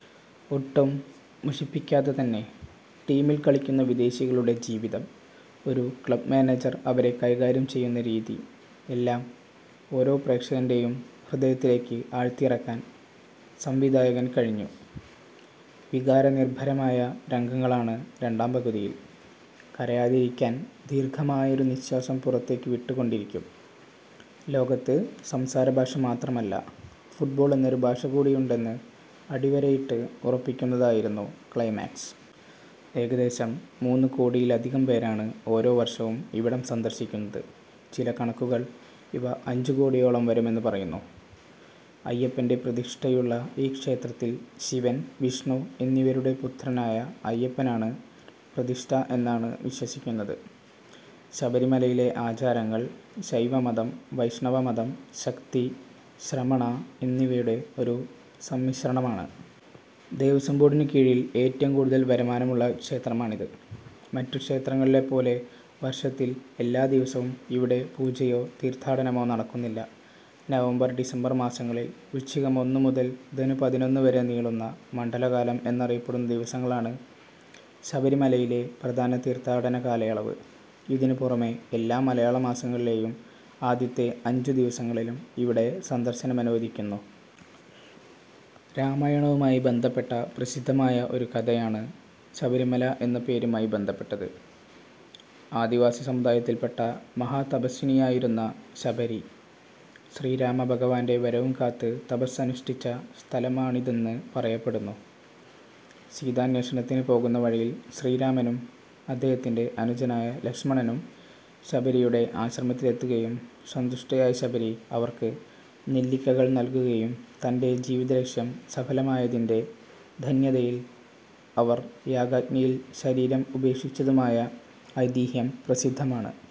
ഒട്ടും മുഷിപ്പിക്കാതെ തന്നെ. ടീമിൽ കളിക്കുന്ന വിദേശികളുടെ ജീവിതം. ഒരു ക്ലബ് മാനേജർ അവരെ കൈകാര്യം ചെയ്യുന്ന രീതി. എല്ലാം ഓരോ പ്രേക്ഷന്റേയും ഹൃദയത്തിലേക്ക് ആഴ്ത്തിയിറക്കാൻ സംവിധായകൻ കഴിഞ്ഞു. വികാര നിർഭരയമായ രംഗങ്ങളാണ് രണ്ടാം പകുതിയിൽ. കരയാതിരിക്കാൻ ദീർഘമായൊരു നിശ്വാസം പുറത്തേക്ക് വിട്ടുക്കൊണ്ടിരിക്കും. ലോകത്ത് സംസാരഭാഷ മാത്രമല്ല, ഫുട്ബോൾ എന്നൊരു ഭാഷകൂടിയുണ്ടെന്ന് അടിവരയിട്ട് ഉറപ്പിക്കുന്നതായിരുന്നു ക്ലൈമാക്സ്. ഏകദേശം മൂന്നു കോടിയിലധികം പേരാണ് ഓരോ വർഷവും ഇവിടം സന്ദർശിക്കുന്നത്. ചില കണക്കുകൾ ഇവ അഞ്ചു കോടിയോളം വരുമെന്നു പറയുന്നു. അയ്യപ്പന്റെ പ്രതിഷ്ഠയുള്ള ഈ ക്ഷേത്രത്തിൽ ശിവൻ, വിഷ്ണു എന്നിവരുടെ പുത്രനായ അയ്യപ്പനാണ് പ്രതിഷ്ഠ എന്നാണ് വിശ്വസിക്കുന്നത്. ശബരിമലയിലെ ആചാരങ്ങൾ ശൈവമതം, വൈഷ്ണവമതം, ശക്തി, ശ്രമണ എന്നിവയുടെ ഒരു സമ്മിശ്രണമാണ്. ദേവസ്വം ബോർഡിനു കീഴിൽ ഏറ്റവും കൂടുതൽ വരുമാനമുള്ള ക്ഷേത്രമാണിത്. മറ്റു ക്ഷേത്രങ്ങളിലെപ്പോലെ വർഷത്തിൽ എല്ലാ ദിവസവും ഇവിടെ പൂജയോ തീർത്ഥാടനമോ നടക്കുന്നില്ല. നവംബർ-ഡിസംബർ മാസങ്ങളിൽ, വൃശ്ചികം ഒന്നുമുതൽ ധനു പതിനൊന്നുവരെ നീളുന്ന, മണ്ഡലക്കാലം എന്നറിയപ്പെടുന്ന ദിവസങ്ങളാണ് ശബരിമലയിലെ പ്രധാന തീർത്ഥാടനകാലയളവ്. ഇതിനുപുറമേ എല്ലാ മലയാളമാസങ്ങളിലേയും ആദ്യത്തെ അഞ്ചുദിവസങ്ങളിലും ഇവിടെ സന്ദർശനമനുവദിക്കുന്നു. രാമായണവുമായി ബന്ധപ്പെട്ട പ്രസിദ്ധമായ ഒരു കഥയാണ് ശബരിമല എന്ന പേരുമായി ബന്ധപ്പെട്ടത്. ആദിവാസി സമുദായത്തിൽപ്പെട്ട മഹാതപസ്വിനിയായിരുന്ന ശബരി, ശ്രീരാമഭഗവാന്റെ വരവും കാത്ത് തപസ്സനുഷ്ഠിച്ച സ്ഥലമാണിതെന്ന് പറയപ്പെടുന്നു. സീതാന്വേഷണത്തിന് പോകുന്ന വഴിയിൽ ശ്രീരാമനും അദ്ദേഹത്തിൻറെ അനുജനായ ലക്ഷ്മണനും ശബരിയുടെ ആശ്രമത്തിലെത്തുകയും സന്തുഷ്ടയായ ശബരി അവർക്ക് നെല്ലിക്കകൾ നൽകുകയും തന്റെ ജീവിതലക്ഷ്യം സഫലമായതിന്റെ ധന്യതയിൽ അവർ യാഗാഗ്നിയിൽ ശരീരം ഉപേക്ഷിച്ചതുമായ ഐതിഹ്യം പ്രസിദ്ധമാണ്.